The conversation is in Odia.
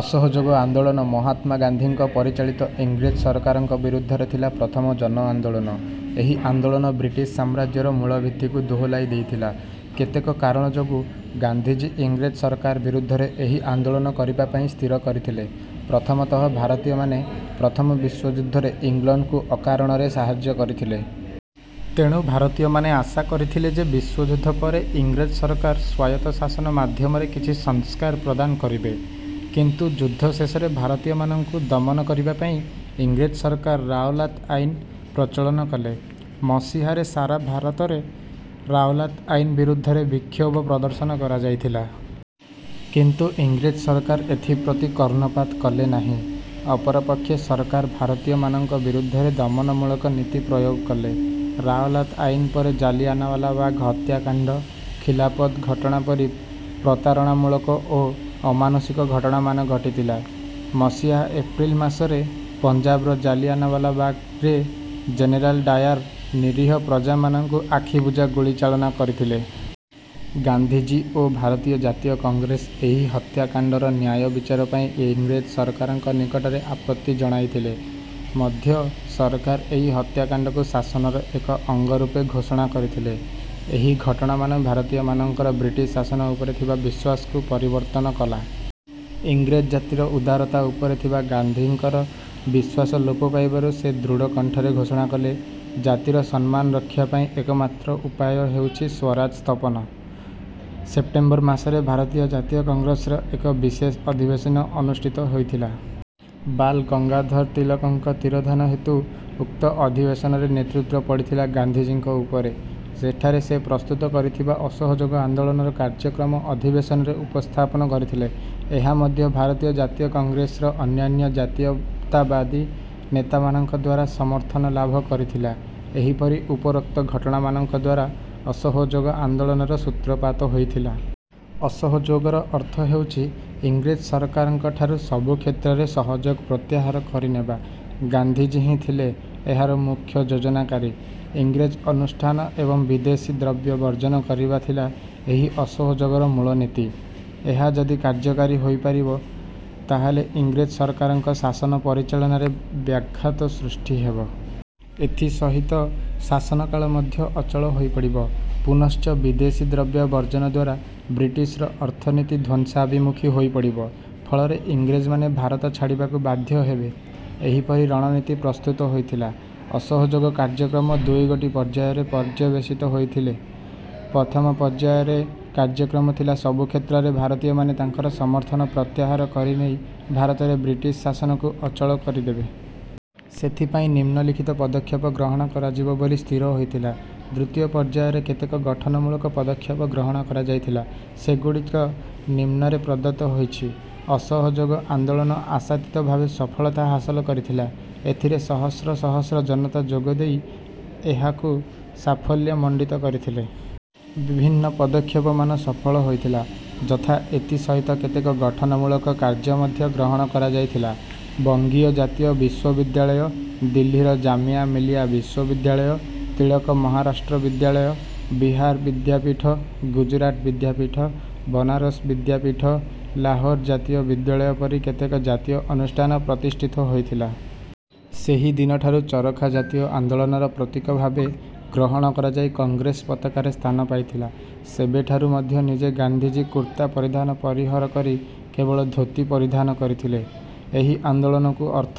ଅସହଯୋଗ ଆନ୍ଦୋଳନ ମହାତ୍ମା ଗାନ୍ଧୀଙ୍କ ପରିଚାଳିତ ଇଂରେଜ ସରକାରଙ୍କ ବିରୁଦ୍ଧରେ ଥିଲା ପ୍ରଥମ ଜନ ଆନ୍ଦୋଳନ। ଏହି ଆନ୍ଦୋଳନ ବ୍ରିଟିଶ ସାମ୍ରାଜ୍ୟର ମୂଳଭିତ୍ତିକୁ ଦୋହଲାଇ ଦେଇଥିଲା। କେତେକ କାରଣ ଯୋଗୁଁ ଗାନ୍ଧିଜୀ ଇଂରେଜ ସରକାର ବିରୁଦ୍ଧରେ ଏହି ଆନ୍ଦୋଳନ କରିବା ପାଇଁ ସ୍ଥିର କରିଥିଲେ। ପ୍ରଥମତଃ ଭାରତୀୟମାନେ ପ୍ରଥମ ବିଶ୍ୱଯୁଦ୍ଧରେ ଇଂଲଣ୍ଡକୁ ଅକାରଣରେ ସାହାଯ୍ୟ କରିଥିଲେ। ତେଣୁ ଭାରତୀୟମାନେ ଆଶା କରିଥିଲେ ଯେ ବିଶ୍ୱଯୁଦ୍ଧ ପରେ ଇଂରେଜ ସରକାର ସ୍ୱାୟତ ଶାସନ ମାଧ୍ୟମରେ କିଛି ସଂସ୍କାର ପ୍ରଦାନ କରିବେ। କିନ୍ତୁ ଯୁଦ୍ଧ ଶେଷରେ ଭାରତୀୟମାନଙ୍କୁ ଦମନ କରିବା ପାଇଁ ଇଂରେଜ ସରକାର ରାଓଲାତ୍ ଆଇନ ପ୍ରଚଳନ କଲେ। ମସିହାରେ ସାରା ଭିରତରେ ରାଓଲାତ୍ ଆଇନ ବିରୁଦ୍ଧରେ ବିକ୍ଷୋଭ ପ୍ରଦର୍ଶନ କରାଯାଇଥିଲା। କିନ୍ତୁ ଇଂରେଜ ସରକାର ଏଥିପ୍ରତି କର୍ଣ୍ଣପାତ କଲେ ନାହିଁ। ଅପରପକ୍ଷେ ସରକାର ଭାରତୀୟମାନଙ୍କ ବିରୁଦ୍ଧରେ ଦମନମୂଳକ ନୀତି ପ୍ରୟୋଗ କଲେ। ରାଓଲାତ୍ ଆଇନ ପରେ ଜଳିଆନାୱାଲାବାଗ୍ ହତ୍ୟାକାଣ୍ଡ, ଖିଲାଫତ୍ ଘଟଣା ପରି ପ୍ରତାରଣାମୂଳକ ଓ ଆମାନୁଷିକ ଘଟଣାମାନ ଘଟିଥିଲା। ମସିହା ଏପ୍ରିଲ ମାସରେ ପଞ୍ଜାବର ଜାଲିଆନାୱାଲାବାଗରେ ଜେନେରାଲ୍ ଡାୟାର ନିରୀହ ପ୍ରଜାମାନଙ୍କୁ ଆଖିବୁଜା ଗୁଳିଚାଳନା କରିଥିଲେ। ଗାନ୍ଧିଜୀ ଓ ଭାରତୀୟ ଜାତୀୟ କଂଗ୍ରେସ ଏହି ହତ୍ୟାକାଣ୍ଡର ନ୍ୟାୟ ବିଚାର ପାଇଁ ଇଂରେଜ ସରକାରଙ୍କ ନିକଟରେ ଆପତ୍ତି ଜଣାଇଥିଲେ ମଧ୍ୟ ସରକାର ଏହି ହତ୍ୟାକାଣ୍ଡକୁ ଶାସନର ଏକ ଅଙ୍ଗ ରୂପେ ଘୋଷଣା କରିଥିଲେ। ଏହି ଘଟଣାମାନ ଭାରତୀୟମାନଙ୍କର ବ୍ରିଟିଶ ଶାସନ ଉପରେ ଥିବା ବିଶ୍ୱାସକୁ ପରିବର୍ତ୍ତନ କଲା। ଇଂରେଜ ଜାତିର ଉଦାରତା ଉପରେ ଥିବା ଗାନ୍ଧିଙ୍କର ବିଶ୍ୱାସ ଲୋପ ପାଇବାରୁ ସେ ଦୃଢ କଣ୍ଠରେ ଘୋଷଣା କଲେ, "ଜାତିର ସମ୍ନାନ ରକ୍ଷା ପାଇଁ ଏକମାତ୍ର ଉପାୟ ହେଉଛି ସ୍ୱରାଜ ସ୍ଥପନ। ସେପ୍ଟେମ୍ବର ମାସରେ ଭାରତୀୟ ଜାତୀୟ କଂଗ୍ରେସର ଏକ ବିଶେଷ ଅଧିବେଶନ ଅନୁଷ୍ଠିତ ହୋଇଥିଲା। ବାଲ୍ ଗଙ୍ଗାଧର ତିଳକଙ୍କ ତିରୋଧାନ ହେତୁ ଉକ୍ତ ଅଧିବେଶନରେ ନେତୃତ୍ୱ ପଡିଥିଲା ଗାନ୍ଧିଜୀଙ୍କ ଉପରେ। ସେଠାରେ ସେ ପ୍ରସ୍ତୁତ କରିଥିବା ଅସହଯୋଗ ଆନ୍ଦୋଳନର କାର୍ଯ୍ୟକ୍ରମ ଅଧିବେଶନରେ ଉପସ୍ଥାପନ କରିଥିଲେ। ଏହା ମଧ୍ୟ ଭାରତୀୟ ଜାତୀୟ କଂଗ୍ରେସର ଅନ୍ୟାନ୍ୟ ଜାତୀୟତାବାଦୀ ନେତାମାନଙ୍କଦ୍ୱାରା ସମର୍ଥନ ଲାଭ କରିଥିଲା। ଏହିପରି ଉପରୋକ୍ତ ଘଟଣାମାନଙ୍କଦ୍ୱାରା ଅସହଯୋଗ ଆନ୍ଦୋଳନର ସୂତ୍ରପାତ ହୋଇଥିଲା। ଅସହଯୋଗର ଅର୍ଥ ହେଉଛି ଇଂରେଜ ସରକାରଙ୍କଠାରୁ ସବୁ କ୍ଷେତ୍ରରେ ସହଯୋଗ ପ୍ରତ୍ୟାହାର କରିନେବା। ଗାନ୍ଧିଜୀ ହିଁ ଥିଲେ ଏହାର ମୁଖ୍ୟ ଯୋଜନାକାରୀ। ଇଂରେଜ ଅନୁଷ୍ଠାନ ଏବଂ ବିଦେଶୀ ଦ୍ରବ୍ୟ ବର୍ଜନ କରିବା ଥିଲା ଏହି ଅସହଯୋଗର ମୂଳନୀତି। ଏହା ଯଦି କାର୍ଯ୍ୟକାରୀ ହୋଇପାରି୍ବ ତାହାଲେ ଇଂରେଜ ସରକାରଙ୍କ ଶାସନ ପରିଚାଳନାରେ ବ୍ୟାଘାତ ସୃଷ୍ଟି ହେବ। ଏଥିସହିତ ଶାସନକାଳ ମଧ୍ୟ ଅଚଳ ହୋଇପଡିବ। ପୁନଶ୍ଚ ବିଦେଶୀ ଦ୍ରବ୍ୟ ବର୍ଜନଦ୍ୱାରା ବ୍ରିଟିଶର ଅର୍ଥନୀତି ଧ୍ୱଂସାଭିମୁଖୀ ହୋଇପଡିବ। ଫଳରେ ଇଂରେଜମାନେ ଭାରତ ଛାଡିବାକୁ ବାଧ୍ୟ ହେବେ। ଏହିପରି ରଣନୀତି ପ୍ରସ୍ତୁତ ହୋଇଥିଲା। ଅସହଯୋଗ କାର୍ଯ୍ୟକ୍ରମ ଦୁଇଗୋଟି ପର୍ଯ୍ୟାୟରେ ପର୍ଯ୍ୟବେଶିତ ହୋଇଥିଲେ। ପ୍ରଥମ ପର୍ଯ୍ୟାୟରେ କାର୍ଯ୍ୟକ୍ରମ ଥିଲା ସବୁକ୍ଷେତ୍ରରେ ଭାରତୀୟମାନେ ତାଙ୍କର ସମର୍ଥନ ପତ୍ୟାହାର କରିନେଇ ଭାରତରେ ବ୍ରିଟିଶ ଶାସନକୁ ଅଚଳ ଚରିଦେବେ। ସେଥିପାଇଁ ନିମ୍ନଲିଖିତ ପଦକ୍ଷେପ ଗ୍ରହଣ କରାଯିବ ବୋଲି ସ୍ଥିର ହୋଇଥିଲା। ଦ୍ୱିତୀୟ ପର୍ଯ୍ୟାୟରେ କେତେକ ଗଠନମୂଳକ ପଦକ୍ଷେପ ଗ୍ରହଣ କରାଯାଇଥିଲା। ସେଗୁଡିଚ ନିମ୍ନରେ ପ୍ରଦତ୍ତ ହୋଇଛି- ଅସହଯୋଗ ଆନ୍ଦୋଳନ ଆଶାତୀତ ଭାବେ ସଫଳତା ହାସଲ କରିଥିଲା। ଏଥିରେ ସହସ୍ର ସହସ୍ର ଜନତା ଯୋଗଦେଇ ଏହାଚୁ ସାଫଲ୍ୟମଣ୍ଡିତ କରିଥିଲେ। ବିଭିନ୍ନ ପଦକ୍ଷେପମାନ ସଫଳ ହୋଇଥିଲା, ଯଥା; ଏଥି ସହିତ କେତେକ ଗଠନମୂଳକ କାର୍ଯ୍ୟ ମଧ୍ୟ ଗ୍ରହଣ କରାଯାଇଥିଲା। ବଙ୍ଗୀୟ ଜାତୀୟ ବିଶ୍ୱବିଦ୍ୟାଳୟ, ଦିଲ୍ଲୀର ଜାମିଆ ମିଲିଆ ବିଶ୍ୱବିଦ୍ୟାଳୟ, ତିଳକ ମହାରାଷ୍ଟ୍ର ବିଦ୍ୟାଳୟ, ବିହାର ବିଦ୍ୟାପୀଠ, ଗୁଜରାଟ ବିଦ୍ୟାପୀଠ, ବନାରସ ବିଦ୍ୟାପୀଠ, ଲାହୋର ଜାତୀୟ ବିଦ୍ୟାଳୟ ପରି କେତେକ ଜାତୀୟ ଅନୁଷ୍ଠାନ ପ୍ରତିଷ୍ଠିତ ହୋଇଥିଲା। ସେହି ଦିନଠାରୁ ଚରଖା ଜାତୀୟ ଆନ୍ଦୋଳନର ପ୍ରତୀକ ଭାବେ ଗ୍ରହଣ କରାଯାଇ କଂଗ୍ରେସ ପତାକାରେ ସ୍ଥାନ ପାଇଥିଲା। ସେବେଠାରୁ ମଧ୍ୟ ନିଜେ ଗାନ୍ଧିଜୀ କୁର୍ତ୍ତା ପରିଧାନ ପରିହର କରି କେବଳ ଧୋତି ପରିଧାନ କରିଥିଲେ। ଏହି ଆନ୍ଦୋଳନକୁ ଅର୍ଥ